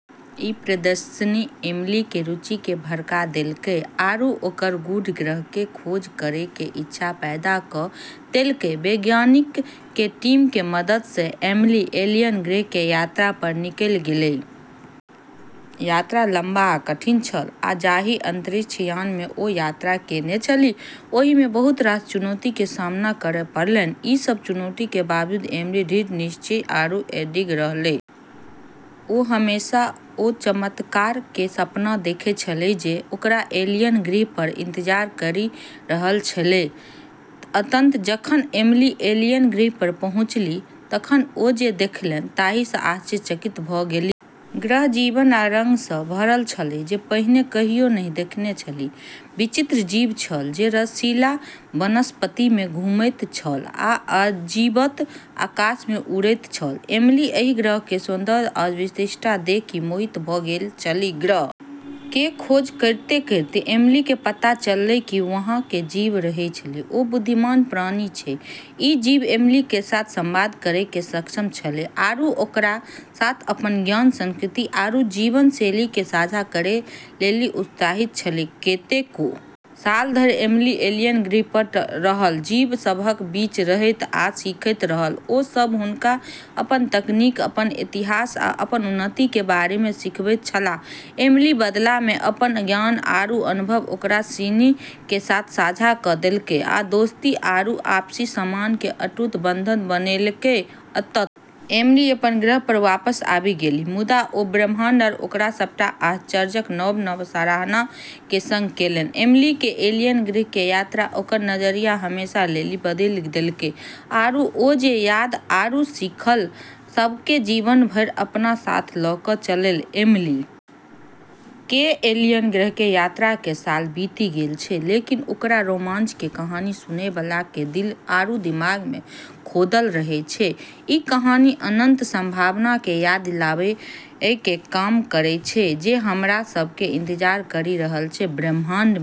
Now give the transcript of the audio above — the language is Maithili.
ई प्रदर्शनी एमिली के रुचि के भड़का देलकै आरू ओकर गूढ़ ग्रह के खोज करै के इच्छा पैदा क देलकै। वैज्ञानिक के टीम के मदद सं एमिली एलियन ग्रह के यात्रा पर निकलि गेलै। यात्रा लम्बा आ कठिन छल, आ जाहि अंतरिक्ष यान मे ओ यात्रा केने छलीह, ओहि मे बहुत रास चुनौती के सामना करय पड़लनि। ई सब चुनौती के बावजूद एमिली दृढ़ निश्चयी आरू अडिग रहलै। ओ हमेशा ओ चमत्कार के सपना देखै छेलै जे ओकरा एलियन ग्रह पर इंतजार करी रहल छेलै। अंततः जखन एमिली एलियन ग्रह पर पहुँचलीह तखन ओ जे देखलनि ताहि सं आश्चर्यचकित भ गेलीह। ग्रह जीवन आ रंग सं भरल छल जे पहिने कहियो नहि देखने छलीह। विचित्र जीव छल जे रसीला वनस्पति मे घुमैत छल आ जीवंत आकाश मे उड़ैत छल। एमिली एहि ग्रहक सौन्दर्य आ विशिष्टता देखि मोहित भ गेल छलीह। ग्रह के खोज करतें-करतें एमिली के पता चललै कि वहाँ जे जीव रहै छै, ओ बुद्धिमान प्राणी छै। ई जीव एमिली के साथ संवाद करै मे सक्षम छेलै, आरू ओकरा साथ अपन ज्ञान, संस्कृति आरू जीवन-शैली के साझा करै लेली उत्साहित छेलै। कतेको साल धरि एमिली एलियन ग्रह पर रहल। जीव सभक बीच रहैत आ सीखैत रहल। ओ सब हुनका अपन तकनीक, अपन इतिहास, आ अपन उन्नति के बारे मे सिखबैत छलाह। एमिली, बदला मे, अपन ज्ञान आरू अनुभव ओकरा सिनी के साथ साझा क देलकै आ दोस्ती आरू आपसी सम्मान के अटूट बंधन बनैलकै। अंततः एमिली अपन ग्रह पर वापस आबि गेलीह, मुदा ओ ब्रह्मांड आ ओकर सभटा आश्चर्यक नव-नव सराहना के संग केलनि। एमिली के एलियन ग्रह के यात्रा ओकर नजरिया हमेशा लेली बदली देलकै, आरू ओ जे याद आरू सीखल सबक के जीवन भर अपना साथ ल क चललै। एमिली के एलियन ग्रह के यात्रा के साल बीति गेल छै, लेकिन ओकर रोमांच के कहानी सुनै वाला के दिल आरू दिमाग मे खोदल रहै छै। ई कहानी अनंत संभावना के याद दिलाबै के काम करै छै जे हमरा सब के इंतजार करी रहल छै ब्रह्माण्ड मे।